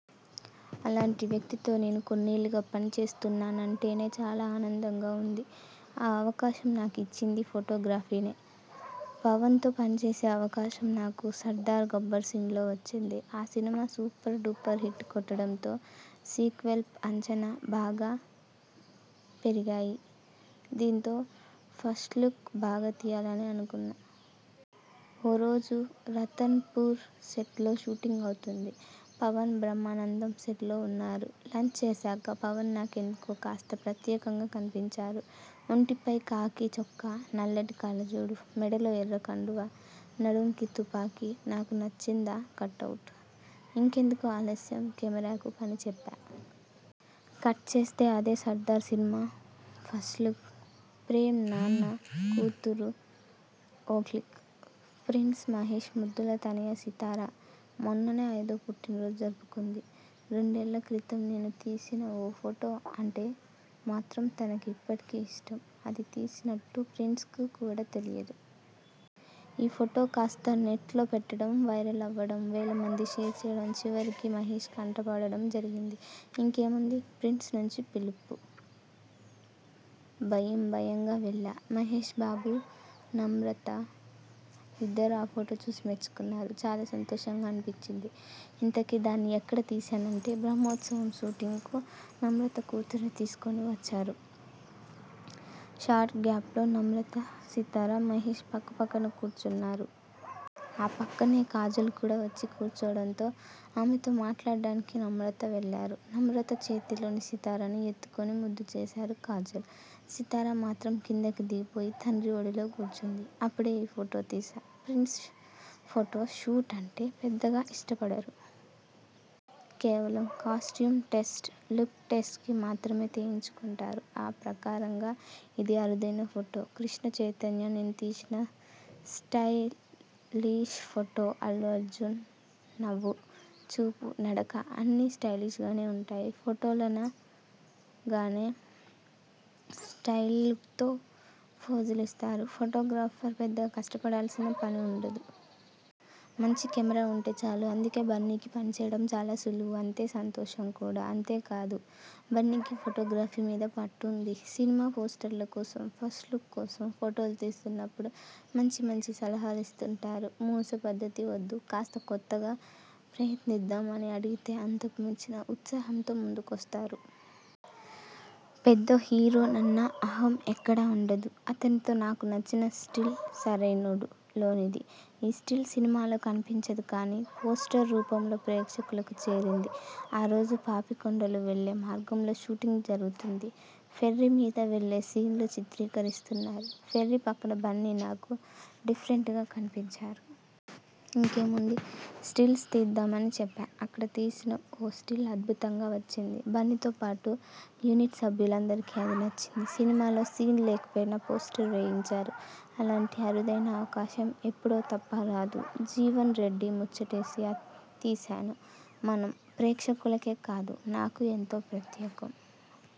అలాంటి వ్యక్తితో నేను కొన్నేళ్లుగా పనిచేస్తున్నానంటేనే చాలా ఆనందంగా ఉంది. ఆ అవకాశం నాకిచ్చింది ఫొటోగ్రఫీనే. పవన్తో పనిచేసే అవకాశం నాకు 'సర్దార్ గబ్బర్ సింగ్'లో వచ్చింది. ఆ సినిమా సూపర్ డూపర్ హిట్ కొట్టడంతో సీక్వెల్పై అంచనాలు బాగా పెరిగాయి. దీంతో ఫస్ట్లుక్ బాగా తీయాలని అనుకున్నా. ఓరోజు రతన్పూర్ సెట్లో షూటింగ్ అవుతోంది. పవన్, బ్రహ్మానందం సెట్లో ఉన్నారు. లంచ్ చేశాక పవన్ నాకెందుకో కాస్త ప్రత్యేకంగా కనిపించారు. ఒంటిపై ఖాకీ చొక్కా, నల్లటి కళ్లజోడు, మెడలో ఎర్ర కండువా, నడుముకి తుపాకీ నాకు నచ్చిందా కటౌట్. ఇంకెందుకు ఆలస్యం కెమెరాకు పనిచెప్పా. కట్ చేస్తే అదే సర్దార్ సినిమా ఫస్ట్లుక్. ప్రేమ్ నాన్న, కూతురు, ఓ క్లిక్! ప్రిన్స్ మహేష్ ముద్దుల తనయ సితార. మొన్ననే అయిదో పుట్టినరోజు జరుపుకుంది. రెండేళ్లక్రితం నేను తీసిన ఓ ఫొటో అంటే మాత్రం తనకి ఇప్పటికీ ఇష్టం. అది తీసినట్టు ప్రిన్స్కు కూడా తెలియదు. ఆ ఫొటో కాస్త నెట్లో పెట్టడం, వైరల్ అవ్వడం, వేలమంది షేర్ చేయడం చివరికి మహేష్ కంటపడడం జరిగింది. ఇంకేముంది, ప్రిన్స్ నుంచి పిలువు. భయంభయంగా వెళ్లా. మహేష్బాబు, నమ్రతా ఇద్దరూ ఆ ఫొటో చూసి మెచ్చుకున్నారు. చాలా సంతోషంగా అనిపించింది. ఇంతకీ, దాన్ని ఎక్కడ తీశానంటే బ్రహ్మోత్సవం షూటింగ్కు నమ్రత కూతుర్ని తీసుకుని వచ్చారు షాట్ గ్యాప్లో నమ్రతా, సితార, మహేష్ పక్కపక్కన కూర్చున్నారు. ఆ పక్కనే కాజల్ కూడా వచ్చి కూర్చోవడంతో, ఆమెతో మాట్లాడానికి నమ్రత వెళ్లారు. నమ్రతా చేతిలోని సితారను ఎత్తుకుని ముద్దుచేశారు కాజల్. సితార మాత్రం కిందకి దిగిపోయి తండ్రి ఒడిలో కూర్చుంది. అప్పుడే ఈ ఫొటో తీశా. ప్రిన్స్ ఫొటో షూట్ అంటే పెద్దగా ఇష్టపడరు. కేవలం కాస్ట్యూమ్ టెస్ట్, లుక్ టెస్ట్కి మాత్రమే తీయించుకుంటారు. ఆ ప్రకారంగా ఇది అరుదైన ఫొటో. -కృష్ణ చైతన్య నేను తీసిన 'స్టైలిష్' ఫొటోఅల్లు అర్జున్ నవ్వు, చూపు, నడక అన్నీ స్టైలిష్గానే ఉంటాయి. ఫొటోలనగానే స్టైల్లుక్తో పోజులిస్తారు. ఫొటోగ్రాఫర్ పెద్దగా కష్టపడాల్సిన పని ఉండదు. మంచి కెమెరా ఉంటే చాలు. అందుకే బన్నీకి పనిచేయడం చాలా సులువు అంతే సంతోషం కూడా. అంతేకాదు బన్నీకి ఫొటోగ్రఫీ మీద పట్టుంది. సినిమా పోస్టర్ల కోసం, ఫస్ట్ లుక్ కోసం ఫొటోలు తీస్తున్నప్పుడు మంచిమంచి సలహాలిస్తుంటారు. మూస పద్ధతి వద్దు కాస్త కొత్తగా ప్రయత్నిద్దాం అని అడిగితే అంతకు మించిన ఉత్సాహంతో ముందుకొస్తారు. పెద్ద హీరోనన్న అహం ఎక్కడా ఉండదు. అతనితో నాకు నచ్చిన స్టిల్ 'సరైనోడు' లోనిది. ఈ స్టిల్ సినిమాలో కనిపించదు కానీ పోస్టర్ రూపంలో ప్రేక్షకులకు చేరింది. ఆ రోజు పాపికొండలు వెళ్లే మార్గంలో షూటింగ్ జరుగుతోంది. ఫెర్రీ మీద వెళ్లే సీన్లు చిత్రీకరిస్తున్నారు. ఫెర్రీ పక్కన బన్నీ నాకు డిఫరెంట్గా కనిపించారు. ఇంకేముంది స్టిల్స్ తీద్దామని చెప్పా. అక్కడ తీసిన ఓ స్టిల్ అద్భుతంగా వచ్చింది. బన్నీతో పాటూ యూనిట్ సభ్యులందరికీ అది నచ్చింది. సినిమాలో సీన్ లేకపోయినా పోస్టర్ వేయించారు. అలాంటి అరుదైన అవకాశం ఎప్పుడో తప్ప రాదు. జీవన్ రెడ్డి ముచ్చటేసి తీశాను 'మనం' ప్రేక్షకులకే కాదు, నాకూ ఎంతో ప్రత్యేకం.